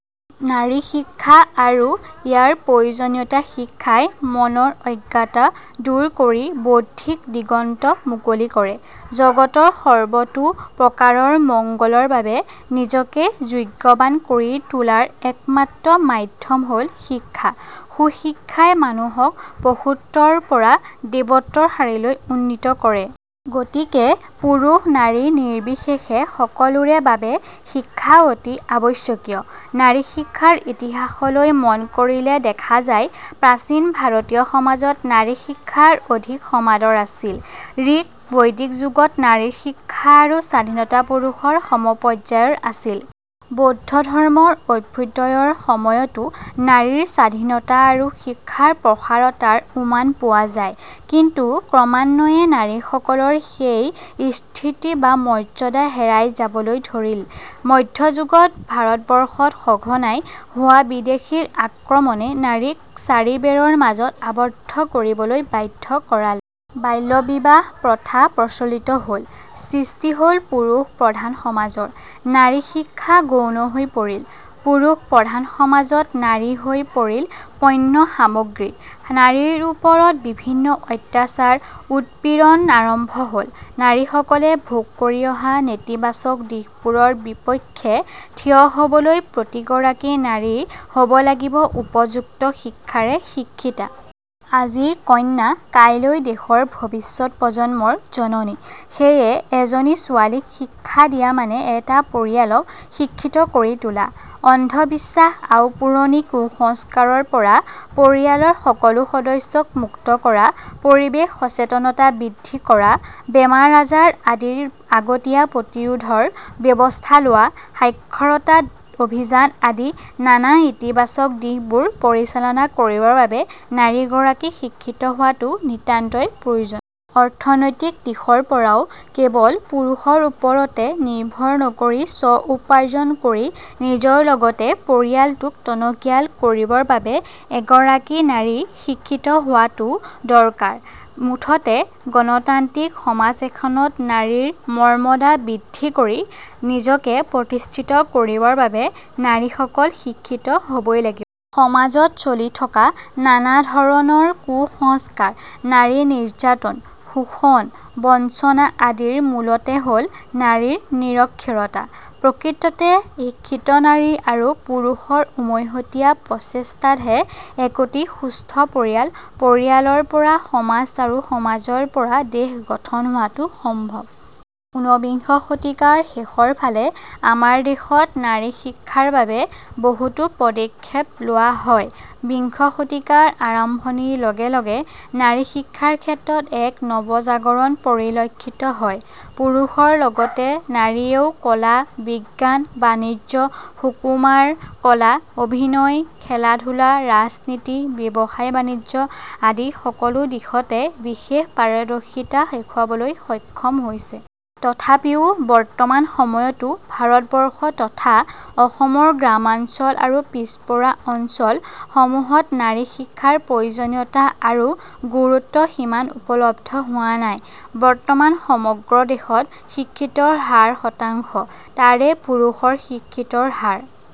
নাৰী শিক্ষা আৰু ইয়াৰ প্ৰয়োজনীয়তা শিক্ষাই মনৰ অজ্ঞতা দূৰ কৰি বৌদ্ধিক দিগন্ত মুকলি কৰে, জগতৰ সৰ্বতো প্ৰকাৰৰ মংগলৰ বাবে নিজকে যোগ্যবান কৰি তোলাৰ একমাত্ৰ মাধ্যম হ'ল শিক্ষা। সু শিক্ষাই মানুহক পশুত্বৰ পৰা দেৱত্বৰ শাৰীলৈ উন্নীত কৰে। গতিকে পুৰুষ-নাৰী নিৰ্বিশেষে সকলোৰে বাবে শিক্ষা অতি আৱশ্যকীয়। নাৰী শিক্ষাৰ ইতিহাসলৈ মন কৰিলে দেখা যায় প্ৰাচীন ভাৰতীয় সমাজত নাৰী শিক্ষাৰ অধিক সমাদৰ আছিল। ঋক্ বৈদিক যুগত নাৰীৰ শিক্ষা আৰু স্বাধীনতা পুৰুষৰ সমপৰ্যায়ৰ আছিল। বৌদ্ধ ধৰ্মৰ অভ্যুদয়ৰ সময়তো নাৰীৰ স্বাধীনতা আৰু শিক্ষাৰ প্ৰসাৰতাৰ উমান পোৱা যায়। কিন্তু ক্ৰমান্বয়ে নাৰীসকলৰ সেই স্থিতি বা মৰ্যদা হেৰাই যাবলৈ ধৰিল। মধ্য যুগত ভাৰতবৰ্ষত সঘনাই হোৱা বিদেশীৰ আক্ৰমণে নাৰীক চাৰিবেৰৰ মাজত আবদ্ধ কৰিবলৈ বাধ্য কৰালে। বাল্যবিবাহ প্ৰথা প্ৰচলিত হ'ল। সৃষ্টি হল পুৰুষ প্ৰধান সমাজৰ। নাৰী শিক্ষা গৌণ হৈ পৰিল। পুৰুষ প্ৰধান সমাজত নাৰী হৈ পৰিল পণ্য সামগ্ৰী। নাৰীৰ ওপৰত বিভিন্ন অত্যাচাৰ উৎপীড়ন আৰম্ভ হল। নাৰীসকলে ভোগ কৰি অহা নেতিবাচক দিশবোৰৰ বিপক্ষে থিয় হ 'বলৈ প্ৰতিগৰাকী নাৰী হব লাগিব উপযুক্ত শিক্ষাৰে শিক্ষিতা। আজিৰ কন্যা কাইলৈ দেশৰ ভৱিষ্যৎ প্ৰজন্মৰ জননী। সেয়ে এজনী ছোৱালীক শিক্ষা দিয়া মানে এটা পৰিয়ালক শিক্ষিত কৰি তোলা। অন্ধ-বিশ্বাস, আওপুৰণি কু-সংস্কাৰৰ পৰা পৰিয়ালৰ সকলো সদস্যক মুক্ত কৰা, পৰিৱেশ সচেতনতা বৃদ্ধি কৰা, বেমাৰ-আজাৰ আদিৰ আগতীয়া প্ৰতিৰোধৰ ব্যৱস্থা লোৱা, সাক্ষৰতা অভিযান আদি নানা ইতিবাচক দিশবোৰ পৰিচালনা কৰিবৰ বাবে নাৰী গৰাকী শিক্ষিত হোৱাটো নিতান্তই প্ৰয়োজন। অৰ্থনৈতিক দিশৰ পৰাও কেৱল পুৰুষৰ ওপৰতে নিৰ্ভৰ নকৰি স্ব-উপাৰ্জন কৰি নিজৰ লগতে পৰিয়ালটোক টনকিয়াল কৰিবৰ বাবে এগৰাকী নাৰী শিক্ষিত হোৱাটো দৰকাৰ। মুঠতে গণতান্ত্ৰিক সমাজ এখনত নাৰীৰ মৰ্মদা বৃদ্ধি কৰি, নিজকে প্ৰতিষ্ঠিত কৰিবৰ বাবে নাৰী সকল শিক্ষিত হবই লাগিব। সমাজত চলি থকা নানা ধৰণৰ কু-সংস্কাৰ, নাৰী নিৰ্যাতন, শোষণ, বঞ্চনা আদিৰ মূলতে হল নাৰীৰ নিৰক্ষৰতা। প্ৰকৃততে শিক্ষিত নাৰী আৰু পুৰুষৰ উমৈহতীয়া প্ৰচেষ্টাতহে একোটি সুস্থ পৰিয়াল, পৰিয়ালৰ পৰা সমাজ আৰু সমাজৰ পৰা দেশ গঠন হোৱাটো সম্ভব। ঊনবিংশ শতিকাৰ শেষৰফালে আমাৰ দেশত নাৰী শিক্ষাৰ বাবে বহুতো পদক্ষেপ লোৱা হয়। বিংশ শতিকাৰ আৰম্ভণিৰ লগে লগে নাৰী শিক্ষাৰ ক্ষেত্ৰত এক নৱজাগৰণ পৰিলক্ষিত হয়। পুৰুষৰ লগতে নাৰীয়েও কলা, বিজ্ঞান, বাণিজ্য, সুকুমাৰ কলা, অভিনয়, খেলা-ধূলা, ৰাজনীতি, ব্যৱসায়-বাণিজ্য আদি সকলো দিশতে বিশেষ পাৰদৰ্শিতা দেখুৱাবলৈ সক্ষম হৈছে। তথাপিও বৰ্তমান সময়তো ভাৰতবৰ্ষ তথা অসমৰ গ্ৰামাঞ্চল আৰু পিছপৰা অঞ্চল সমূহত নাৰী শিক্ষাৰ প্ৰয়োজনীয়তা আৰু গুৰুত্ব সিমান উপলব্ধ হোৱা নাই। বৰ্তমান সমগ্ৰ দেশত শিক্ষিতৰ হাৰ শতাংশ। তাৰে পুৰুষৰ শিক্ষিতৰ হাৰ